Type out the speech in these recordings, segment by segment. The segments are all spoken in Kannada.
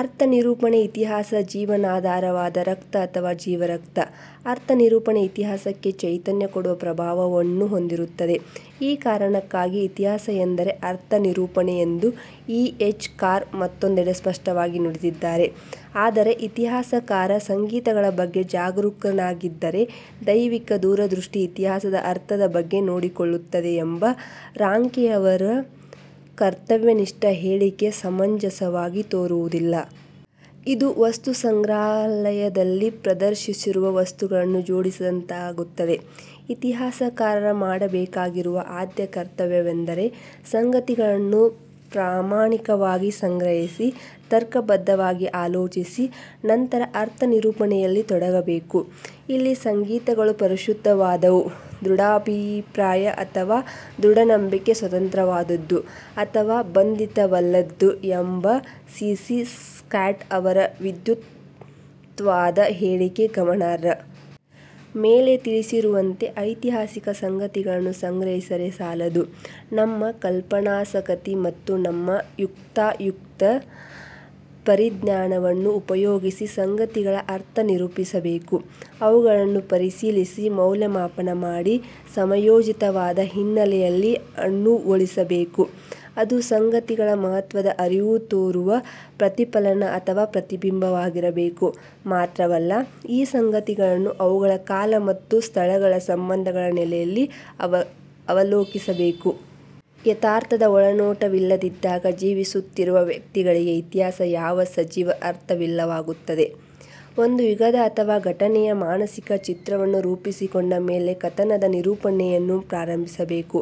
ಅರ್ಥನಿರೂಪಣೆ ಇತಿಹಾಸದ ಜೀವನಾಧಾರವಾದ ರಕ್ತ ಅಥವಾ ಜೀವರಕ್ತ. ಅರ್ಥನಿರೂಪಣೆ ಇತಿಹಾಸಕ್ಕೆ ಚೈತನ್ಯ ಕೊಡುವ ಪ್ರಭಾವವನ್ನು ಹೊಂದಿರುತ್ತದೆ. ಈ ಕಾರಣಕ್ಕಾಗಿ ಇತಿಹಾಸ ಎಂದರೆ ಅರ್ಥನಿರೂಪಣೆ ಎಂದು ಇ. ಎಚ್. ಕಾರ್ ಮತ್ತೊಂದೆಡೆ ಸ್ಪಷ್ಟವಾಗಿ ನುಡಿದಿದ್ದಾರೆ. ಆದರೆ ಇತಿಹಾಸಕಾರ ಸಂಗತಿಗಳಬಗ್ಗೆ ಜಾಗರೂಕನಾಗಿದ್ದರೆ ದೈವಿಕ ದೂರದೃಷ್ಟಿ ಇತಿಹಾಸದ ಅರ್ಥದ ಬಗ್ಗೆ ನೋಡಿಕೊಳ್ಳುತ್ತದೆ ಎಂಬ ರಾಂಕೆಯವರ ಕರ್ತವ್ಯನಿಷ್ಠ ಹೇಳಿಕೆ ಸಮಂಜಸವಾಗಿ ತೋರುವುದಿಲ್ಲ. ಇದು ವಸ್ತುಸಂಗ್ರಹಾಲಯದಲ್ಲಿ ಪ್ರದರ್ಶಿಸಿರುವ ವಸ್ತುಗಳನ್ನು ಜೋಡಿಸದಂತಾಗುತ್ತದೆ. ಇತಿಹಾಸಕಾರ ಮಾಡಬೇಕಾಗಿರುವ ಆದ್ಯ ಕರ್ತವ್ಯವೆಂದರೆ ಸಂಗತಿಗಳನ್ನು ಪ್ರಾಮಾಣಿಕವಾಗಿ ಸಂಗ್ರಹಿಸಿ, ತರ್ಕಬದ್ಧವಾಗಿ ಆಲೋಚಿಸಿ, ನಂತರ ಅರ್ಥನಿರೂಪಣೆಯಲ್ಲಿ ತೊಡಗಬೇಕು. ಇಲ್ಲಿ ಸಂಗತಿಗಳು ಪರಿಶುದ್ಧವಾದವು, ದೃಢಾಭಿಪ್ರಾಯ ಅಥವಾ ದೃಢನಂಬಿಕೆ ಸ್ವತಂತ್ರವಾದುದು ಅಥವಾ ಬಂಧಿತವಲ್ಲದ್ದು ಎಂಬ ಸಿ. ಪಿ. ಸ್ಕಾಟ್ ಅವರ ವಿಧ್ಯುಕ್ತವಾದ ಹೇಳಿಕೆ ಗಮನಾರ್ಹ. ಮೇಲೆ ತಿಳಿಸಿರುವಂತೆ ಐತಿಹಾಸಿಕ ಸಂಗತಿಗಳನ್ನು ಸಂಗ್ರಹಿಸಿದರೆ ಸಾಲದು. ನಮ್ಮ ಕಲ್ಪನಾಶಕತಿ ಮತ್ತು ನಮ್ಮ ಯುಕ್ತಾಯುಕ್ತ ಪರಿಜ್ಞಾನವನ್ನು ಉಪಯೋಗಿಸಿ ಸಂಗತಿಗಳ ಅರ್ಥ ನಿರೂಪಿಸಬೇಕು. ಅವುಗಳನ್ನು ಪರಿಶೀಲಿಸಿ, ಮೌಲ್ಯಮಾಪನ ಮಾಡಿ, ಸಮಯೋಚಿತ ವಾದ ಹಿನ್ನೆಲೆಯಲ್ಲಿ ಅನುಗೊಳಿಸಬೇಕು. ಅದು ಸಂಗತಿಗಳ ಮಹತ್ವದ ಅರಿವು ತೋರುವ ಪ್ರತಿಫಲನ ಅಥವಾ ಪ್ರತಿಬಿಂಬವಾಗಿರಬೇಕು. ಮಾತ್ರವಲ್ಲ, ಈ ಸಂಗತಿಗಳನ್ನು ಅವುಗಳ ಕಾಲ ಮತ್ತು ಸ್ಥಳಗಳ ಸಂಬಂಧಗಳ ನೆಲೆಯಲ್ಲಿ ಅವಲೋಕಿಸಬೇಕು. ಯಥಾರ್ಥದ ಒಳನೋಟವಿಲ್ಲದಿದ್ದಾಗ ಜೀವಿಸುತ್ತಿರುವ ವ್ಯಕ್ತಿಗಳಿಗೆ ಇತಿಹಾಸ ಯಾವ ಸಜೀವ ಅರ್ಥವಿಲ್ಲವಾಗುತ್ತದೆ. ಒಂದು ಯುಗದ ಅಥವಾ ಘಟನೆಯ ಮಾನಸಿಕ ಚಿತ್ರವನ್ನು ರೂಪಿಸಿಕೊಂಡ ಮೇಲೆ ಕಥನದ ನಿರೂಪಣೆಯನ್ನು ಪ್ರಾರಂಭಿಸಬೇಕು.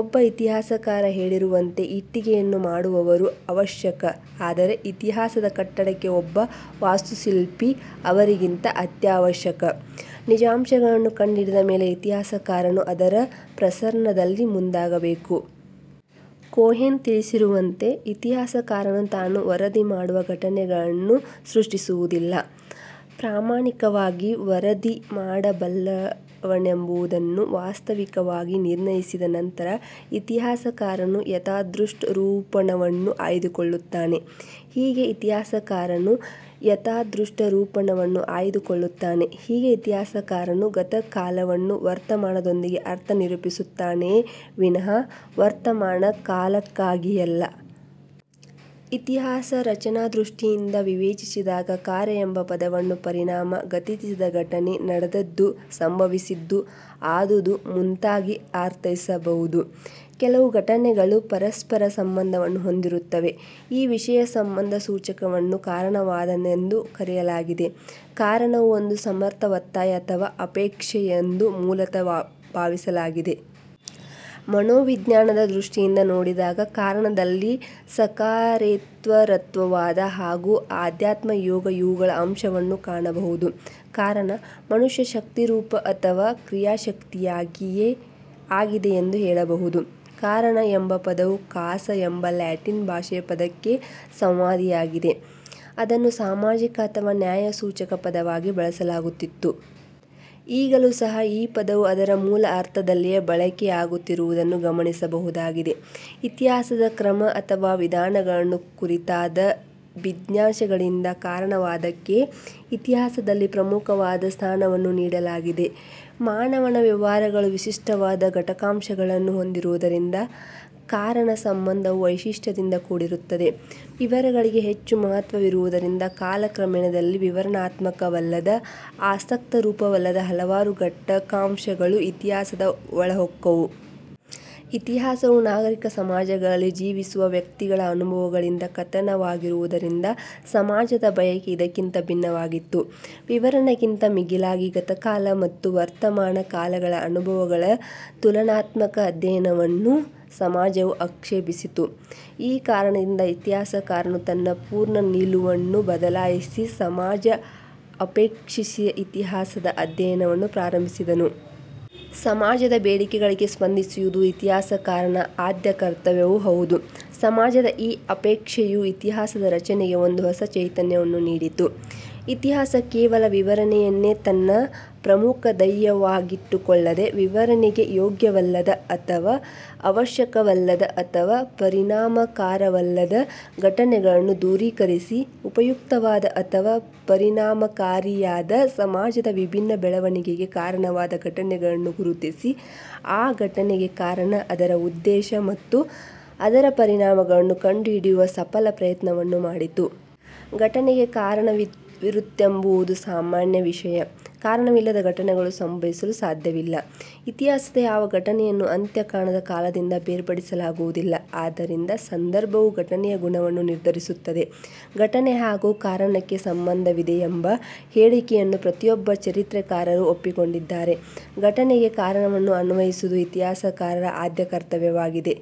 ಒಬ್ಬ ಇತಿಹಾಸಕಾರ ಹೇಳಿರುವಂತೆ ಇಟ್ಟಿಗೆಯನ್ನು ಮಾಡುವವರು ಅವಶ್ಯಕ, ಆದರೆ ಇತಿಹಾಸದ ಕಟ್ಟಡಕ್ಕೆ ಒಬ್ಬ ವಾಸ್ತುಶಿಲ್ಪಿ ಅವರಿಗಿಂತ ಅತ್ಯಾವಶ್ಯಕ. ನಿಜಾಂಶಗಳನ್ನು ಕಂಡುಹಿಡಿದ ಮೇಲೆ ಇತಿಹಾಸಕಾರನು ಅದರ ಪ್ರಸರಣದಲ್ಲಿ ಮುಂದಾಗಬೇಕು. ಕೋಹೆನ್ ತಿಳಿಸಿರುವಂತೆ, ಇತಿಹಾಸಕಾರನು ತಾನು ವರದಿ ಮಾಡುವ ಘಟನೆಗಳನ್ನು ಸೃಷ್ಟಿಸುವುದಿಲ್ಲ. ಪ್ರಾಮಾಣಿಕವಾಗಿ ವರದಿ ಮಾಡಬಲ್ಲನೆಂಬುದನ್ನು ವಾಸ್ತವಿಕವಾಗಿ ನಿರ್ಣಯಿಸಿದ ನಂತರ ಇತಿಹಾಸಕಾರನು ಯಥಾದೃಷ್ಟ ರೂಪಣವನ್ನು ಆಯ್ದುಕೊಳ್ಳುತ್ತಾನೆ. ಹೀಗೆ ಇತಿಹಾಸಕಾರನು ಯಥಾದೃಷ್ಟ ರೂಪಣವನ್ನು ಆಯ್ದು ಕೊಳ್ಳುತ್ತಾನೆ. ಹೀಗೆ ಇತಿಹಾಸಕಾರನು ಗತಕಾಲವನ್ನು ವರ್ತಮಾನದೊಂದಿಗೆ ಅರ್ಥ ನಿರೂಪಿಸುತ್ತಾನೆಯೇ ವಿನಾ ವರ್ತಮಾನ ಕಾಲಕ್ಕಾಗಿಯಲ್ಲ. ಇತಿಹಾಸ ರಚನಾದೃಷ್ಟಿಯಿಂದ ವಿವೇಚಿಸಿದಾಗ ಕಾರ್ಯ ಎಂಬ ಪದವಿಯನ್ನು ಪರಿಣಾಮ, ಗತಿಸಿದ ಘಟನೆ, ನಡೆದದ್ದು, ಸಂಭವಿಸಿದ್ದು, ಆದುದು ಮುಂತಾಗಿ ಆರ್ಥೈಸಬಹುದು. ಕೆಲವು ಘಟನೆಗಳು ಪರಸ್ಪರ ಸಂಬಂಧವನ್ನು ಹೊಂದಿರುತ್ತವೆ. ಈ ವಿಶೇಷ ಸಂಬಂಧ ಸೂಚಕವನ್ನು ಕಾರಣವಾದ ಎಂದು ಕರೆಯಲಾಗಿದೆ. ಕಾರಣವು ಒಂದು ಸಮರ್ಥ ಒತ್ತಾಯ ಅಥವಾ ಅಪೇಕ್ಷೆ ಎಂದು ಮೂಲತಃ ಭಾವಿಸಲಾಗಿದೆ. ಮನೋವಿಜ್ಞಾನದ ದೃಷ್ಟಿಯಿಂದ ನೋಡಿದಾಗ ಕಾರಣದಲ್ಲಿ ಸಕಾರೇತ್ವರತ್ವವಾದ ಹಾಗೂ ಅಧ್ಯಾತ್ಮ ಯೋಗ ಇವುಗಳ ಅಂಶವನ್ನು ಕಾನಬಹುದು. ಕಾರಣ, ಮನುಷ್ಯ ಶಕ್ತಿರೂಪ ಅಥವ ಕ್ರಿಯಾಶಕ್ತಿಯಾಗಿದೆ ಎಂದು ಹೇಳಬಹುದು. "ಕಾರಣ" ಎಂಬ ಪದವು "ಕಾಸ" ಎಂಬ ಲ್ಯಾಟಿನ್ ಭಾಷೆಯ ಪದಕ್ಕೆ ಸಂವಾದಿಯಾಗಿದೆ. ಅದನ್ನು ಸಾಮಾಜಿಕ ಅಥವಾ ನ್ಯಾಯಸೂಚಕ ಪದವಾಗಿ ಬಳಸಲಾಗುತ್ತಿತ್ತು. ಈಗಲೂ ಸಹ ಈ ಪದವು ಅದರ ಮೂಲ ಅರ್ಥದಲ್ಲಿಯೇ ಬಳಕೆಯಾಗುತ್ತಿರುವುದನ್ನು ಗಮನಿಸಬಹುದಾಗಿದೆ. ಇತಿಹಾಸದ ಕ್ರಮ ಅಥವ ವಿಧಾನಗಳನ್ನು ಕುರಿತಾದ ಜಿಜ್ಞಾಸೆಗಳಿಂದ ಕಾರಣವಾದಕ್ಕೆ ಇತಿಹಾಸದಲ್ಲಿ ಪ್ರಮುಖವಾದ ಸ್ಥಾನವನ್ನು ನೀಡಲಾಗಿದೆ. ಮಾನವನ ವ್ಯವಹಾರಗಳು ವಿಶಿಷ್ಟವಾದ ಘಟಕಾಂಶಗಳನ್ನು ಹೊಂದಿರುವುದರಿಂದ ಕಾರಣ ಸಂಬಂಧವೂ ವೈಶಿಷ್ಟ್ಯದಿಂದ ಕೂಡಿರುತ್ತದೆ. ವಿವರಗಳಿಗೆ ಹೆಚ್ಚು ಮಹತ್ವವಿರುವುದರಿಂದ, ಕಾಲ ಕ್ರಮೇಣದಲ್ಲಿ ವಿವರಣಾತ್ಮಕವಲ್ಲದ, ಆಸಕ್ತಪೂರ್ಣವಲ್ಲದ ಹಲವಾರು ಘಟಕಾಂಶಗಳು ಇತಿಹಾಸದ ಒಳಹೊಕ್ಕವು. ಇತಿಹಾಸವು ನಾಗರಿಕ ಸಮಾಜಗಳಲ್ಲಿ ಜೀವಿಸುವ ವ್ಯಕ್ತಿಗಳ ಅನುಭವಗಳಿಂದ ಕಥನವಾಗಿರುವುದರಿಂದ, ಸಮಾಜದ ಬಯಕೆ ಇದಕ್ಕಿಂತ ಭಿನ್ನವಾಗಿತ್ತು. ವಿವರಣೆಗಿಂತ ಮಿಗಿಲಾಗಿ, ಗತಕಾಲ ಮತ್ತು ವರ್ತಮಾನ ಕಾಲಗಳ ಅನುಭವಗಳ ತುಲನಾತ್ಮಕ ಅಧ್ಯಯನವನ್ನು ಸಮಾಜವು ಅಪೇಕ್ಷಿಸಿತು. ಈ ಕಾರಣದಿಂದ ಇತಿಹಾಸಕಾರನು ತನ್ನ ಪೂರ್ವ ನಿಲುವನ್ನು ಬದಲಾಯಿಸಿ ಸಮಾಜ ಅಪೇಕ್ಷಿಸಿದ ಇತಿಹಾಸದ ಅಧ್ಯಯನವನ್ನು ಪ್ರಾರಂಭಿಸಿದನು. ಸಮಾಜದ ಬೇಡಿಕೆಗಳಿಗೆ ಸ್ಪಂದಿಸುವುದು ಇತಿಹಾಸಕಾರನ ಆದ್ಯ ಕರ್ತವ್ಯವೂ ಹೌದು. ಸಮಾಜದ ಈ ಅಪೇಕ್ಷೆಯು ಇತಿಹಾಸ ರಚನೆಗೆ ಒಂದು ಹೊಸ ಚೈತನ್ಯವನ್ನು ನೀಡಿತು. ಇತಿಹಾಸ ಕೇವಲ ವಿವರಣೆಯನ್ನೇ ತನ್ನ ಪ್ರಮುಖ ಧ್ಯೇಯವನ್ನಾಗಿಟ್ಟುಕೊಳ್ಳದೆ, ವಿವರಣೆಗೆ ಯೋಗ್ಯವಲ್ಲದ, ಅಥವ ಅವಶ್ಯಕವಲ್ಲದ ಅಥವ ಪರಿಣಾಮಕಾರವಲ್ಲದ ಘಟನೆಗಳನ್ನು ದೂರೀಕರಿಸಿ, ಉಪಯುಕ್ತವಾದ ಅಥವ ಪರಿಣಾಮಕಾರಿಯಾದ, ಸಮಾಜದ ವಿಭಿನ್ನ ಬೆಳವಣಿಗೆಗೆ ಕಾರಣವಾದ ಘಟನೆಗಳನ್ನು ಗುರುತಿಸಿ, ಆ ಘಟನೆಗೆ ಕಾರಣ, ಅದರ ಉದ್ದೇಶ ಮತ್ತು ಅದರ ಪರಿಣಾಮಗಳನ್ನು ಕಂಡುಹಿಡಿಯುವ ಸಫಲ ಪ್ರಯತ್ನವನ್ನು ಮಾಡಿತು. ಘಟನೆಗೆ ಕಾರಣವಿರುತ್ತದೆಂಬುದು ಸಾಮಾನ್ಯ ವಿಷಯ. ಕಾರಣವಿಲ್ಲದ ಘಟನೆಗಳು ಸಂಭವಿಸಲು ಸಾಧ್ಯವಿಲ್ಲ. ಇತಿಹಾಸದ ಯಾವ ಘಟನೆಯನ್ನೂ ಅಂತ್ಯ ಕಾಣದ ಕಾಲದಿಂದ ಬೇರ್ಪಡಿಸಲಾಗುವುದಿಲ್ಲ. ಆದ್ದರಿಂದ ಸಂದರ್ಭವು ಘಟನೆಯ ಗುಣವನ್ನು ನಿರ್ದರಿಸುತ್ತದೆ. ಘಟನೆ ಹಾಗೂ ಕಾರಣಕ್ಕೆ ಸಂಬಂಧವಿದೆ ಎಂಬ ಹೇಳಿಕೆಯನ್ನು ಪ್ರತಿಯೊಬ್ಬ ಚರಿತ್ರೆಕಾರರೂ ಒಪ್ಪಿಕೊಂಡಿದ್ದಾರೆ. ಘಟನೆಗೆ ಕಾರಣವನ್ನು ಅನ್ವೇಷಿಸುವುದು ಇತಿಹಾಸಕಾರರ ಆದ್ಯ ಕರ್ತವ್ಯವಾಗಿದೆ.